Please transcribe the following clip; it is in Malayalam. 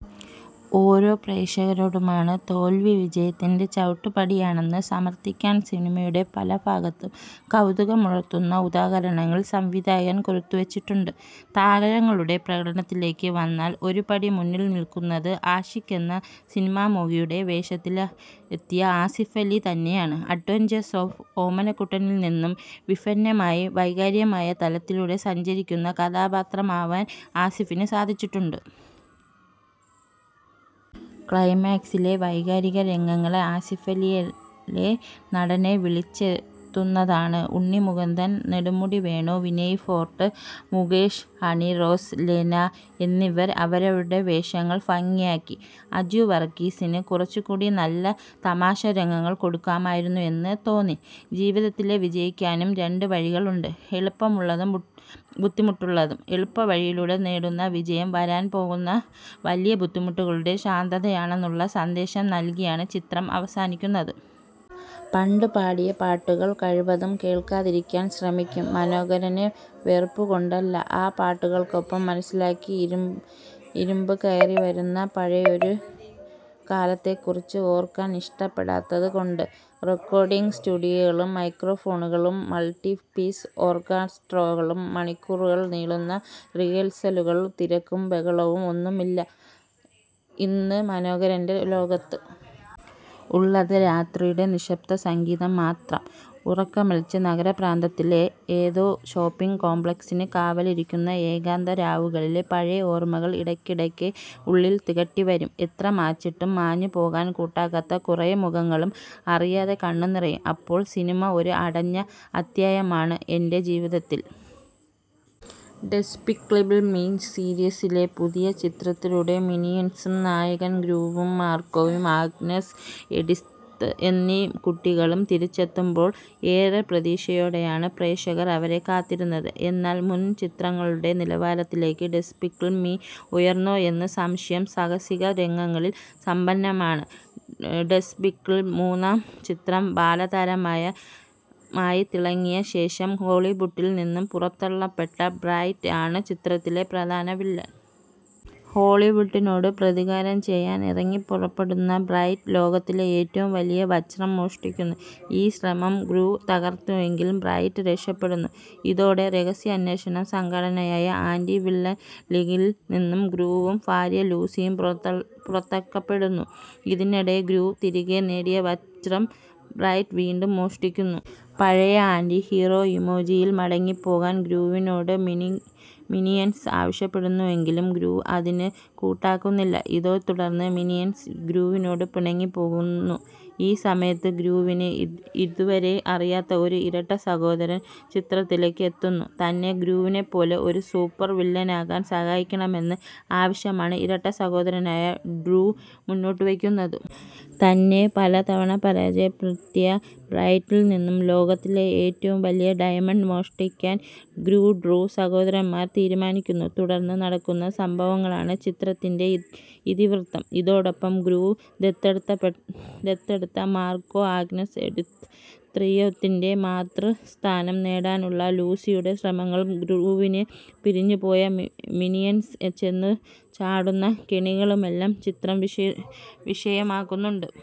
ഓരോ പ്രേക്ഷകനോടുമാണ്. തോല്വി വിജയത്തിന്റെ ചവിട്ടുപടിയാണെന്ന് സമര്ഥിക്കാന് സിനിമയുടെ പലഭാഗത്തും കൗതുകമുണര്ത്തുന്ന ഉദാഹരണങ്ങള് സംവിധായകന് കൊരുത്തുവച്ചിട്ടുണ്ട്. താരങ്ങളുടെ പ്രകടനത്തിലേക്ക് വന്നാല് ഒരുപടി മുന്നില് നില്ക്കുന്നത് ആഷിക് എന്ന് സിനിമാമോഹിയുടെ വേഷത്തിലെത്തിയ ആസിഫ് അലി തന്നെയാണ്. അഡ്വെഞ്ചേഴ്സ് ഓഫ് ഓമനക്കുട്ടനില് നിന്നും വിഭിന്നമായി വൈകാരികമായ തലത്തിലൂടെ സഞ്ചരിക്കുന്ന കഥാപാത്രമാവാന് ആസിഫിന് സാധിച്ചിട്ടുണ്ട്. ക്ലൈമാക്സിലെ വൈകാരിക രംഗങ്ങള് ആസിഫിലെ നടനെ വിളിച്ചോതുന്നതാണ്. ഉണ്ണി മുകുന്ദന്, നെടുമുടി വേണു, വിനയ്ഫോര്ട്ട്, മുകേഷ്, ഹണിറോസ്, ലെന എന്നിവര് അവരവരുടെ വേഷങ്ങള് ഭംഗിയാക്കി. അജു വര്ഗീസിന് കുറച്ചുകൂടി നല്ല തമാശരംഗങ്ങള് കൊടുക്കാമായിരുന്നു എന്നു തോന്നി. ജീവിതത്തില് വിജയിക്കാന് രണ്ട് വഴികളുണ്ട്. എളുപ്പമുള്ളതും ബുദ്ധിമുട്ടുള്ളതും. എളുപ്പവഴിയിലൂടെ നേടുന്ന വിജയം വരാന് പോകുന്ന വലിയ ബുദ്ധിമുട്ടുകളുടെ ശാന്തതയാണെന്നുള്ള സന്ദേശം നല്കിയാണ് ചിത്രം അവസാനിക്കുന്നത്. പണ്ട് പാടിയ പാട്ടുകള് കഴിവതും കേള്ക്കാതിരിക്കാന് ശ്രമിക്കും മനോഹരന്. വെറുപ്പ് കൊണ്ടല്ല; ആ പാട്ടുകള്ക്കൊപ്പം മനസ്സിലേക്ക് ഇരമ്പിക്കയറിവരുന്ന പഴയൊരു കാലത്തെ കുറിച്ച് ഓര്ക്കാന് ഇഷ്ടപ്പെടാത്തത് കൊണ്ട്. റെക്കോര്ഡിംഗ് സ്റ്റുഡിയോകളും മൈക്രോഫോണുകളും മള്ട്ടി പീസ് ഓര്ക്കസ്ട്രകളും മണിക്കൂറുകള് നീളുന്ന റിഹേഴ്സലുകളും തിരക്കും ബഹളവും ഒന്നുമില്ല ഇന്ന് മനോഹരന്റെ ലോകത്ത്. ഉള്ളത് രാത്രിയുടെ നിശബ്ദസംഗീതം മാത്രം. ഉറക്കമിളച്ച്, നഗരപ്രാന്തത്തിലെ ഏതോ ഷോപ്പിംഗ് കോംപ്ലക്സിനു കാവലിരിക്കുന്ന ഏകാന്ത രാവുകളില് പഴയ ഓര്മ്മകള് ഇടയ്ക്കൊക്കെ ഉള്ളില് തികട്ടി വരും; എത്ര മായ്ച്ചിട്ടും മാഞ്ഞു പോകാന് കൂട്ടാക്കാത്ത കുറെ മുഖങ്ങളും. അറിയാതെ കണ്ണ് നിറയും അപ്പോള്. ''സിനിമ ഒരു അടഞ്ഞ അധ്യായമാണ് എന്റെ ജീവിതത്തില്. ഡെസ്പിക്കബിള് മി സീരീസിലെ പുതിയ ചിത്രത്തിലൂടെ മിനിയന്സും നായകന് ഗ്രൂവും മാര്ഗോ, ആഗ്നസ്, എഡിത്ത് എന്നീ കുട്ടികളും തിരിച്ചെത്തുമ്പോള് ഏറെ പ്രതീക്ഷയോടെയാണ് പ്രേക്ഷകര് അവരെ കാത്തിരുന്നത്. എന്നാല്, മുന് ചിത്രങ്ങളുടെ നിലവാരത്തിലേക്ക് ഡെസ്പിക്കബിള് മി ഉയര്ന്നോ എന്ന് സംശയം. സാഹസിക രംഗങ്ങളാല് സമ്പന്നമാണ് ഡെസ്പിക്കബിള് മൂന്നാം ചിത്രം. ബാലതാരമായി തിളങ്ങിയ ശേഷം ഹോളിവുഡില് നിന്ന് പുറന്തള്ളപ്പെട്ട ബ്രാറ്റ് ആണ് ചിത്രത്തിലെ പ്രധാനവില്ലന്. ഹോളിവുഡിനോട് പ്രതികാരം ചെയ്യാന് ഇറങ്ങിപ്പുറപ്പെടുന്ന ബ്രാറ്റ് ലോകത്തെ ഏറ്റവും വലിയ വജ്രം മോഷ്ടിക്കുന്നു. ഈ ശ്രമം ഗ്രൂ തകര്ക്കുന്നെങ്കിലും ബ്രാറ്റ് രക്ഷപ്പെടുന്നു. ഇതോടെ രഹസ്യാന്വേഷണ സംഘടനയായ ആന്റി വില്ലന് ലീഗില് നിന്ന് ഗ്രൂവും ഭാര്യ ലൂസിയും പുറത്താക്കപ്പെടുന്നു. ഇതിനിടെ ഗ്രൂ തിരികെ നേടിയ വജ്രം ബ്രാറ്റ് വീണ്ടും മോഷ്ടിക്കുന്നു. പഴയ ആന്റി ഹീറോ ഇമേജിലേക്ക് മടങ്ങിപ്പോകാന് ഗ്രൂവിനോട് മിനിയന്സ് ആവശ്യപ്പെടുന്നെങ്കിലും ഗ്രൂ ഇതിന് കൂട്ടാക്കുന്നില്ല. ഇതേത്തുടര്ന്ന് മിനിയന്സ് ഗ്രൂവിനോട് പിണങ്ങിപ്പോകുന്നു. ഈ സമയത്ത് ഗ്രൂവിന് ഇതുവരെ അറിയാത്ത ഒരു ഇരട്ട സഹോദരന് ചിത്രത്തിലേക്ക് എത്തുന്നു. തന്നെ ഗ്രൂവിനെപ്പോലെ ഒരു സൂപ്പര് വില്ലനാകാന് സഹായിക്കണമെന്ന ആവശ്യമാണ് ഇരട്ട സഹോദരനായ ഡ്രൂ മുന്നോട്ടുവെക്കുന്നത്. തന്നെ പലതവണ പരാജയപ്പെടുത്തിയ ബ്രാറ്റില് നിന്ന് ലോകത്തെ ഏറ്റവും വലിയ ഡയമണ്ട് മോഷ്ടിക്കാന് ഗ്രൂഡ്രൂ സഹോദരന്മാര് തീരുമാനിക്കുന്നു. തുടര്ന്ന് നടക്കുന്ന സംഭവങ്ങളാണ് ചിത്രത്തിന്റെ ഇതിവൃത്തം. ഇതോടൊപ്പം, ഗ്രൂ ദത്തെടുത്ത മാര്ഗോആഗ്നസ്എഡിത്ത് ത്രയത്തിന്റെ മാതൃസ്ഥാനം നേടാനുള്ള ലൂസിയുടെ ശ്രമങ്ങളും ഗ്രൂവിനെ പിരിഞ്ഞുപോയ മിനിയന്സ് ചെന്നുചാടുന്ന കെണികളുമെല്ലാം ചിത്രം വിഷയമാക്കുന്നുണ്ട്.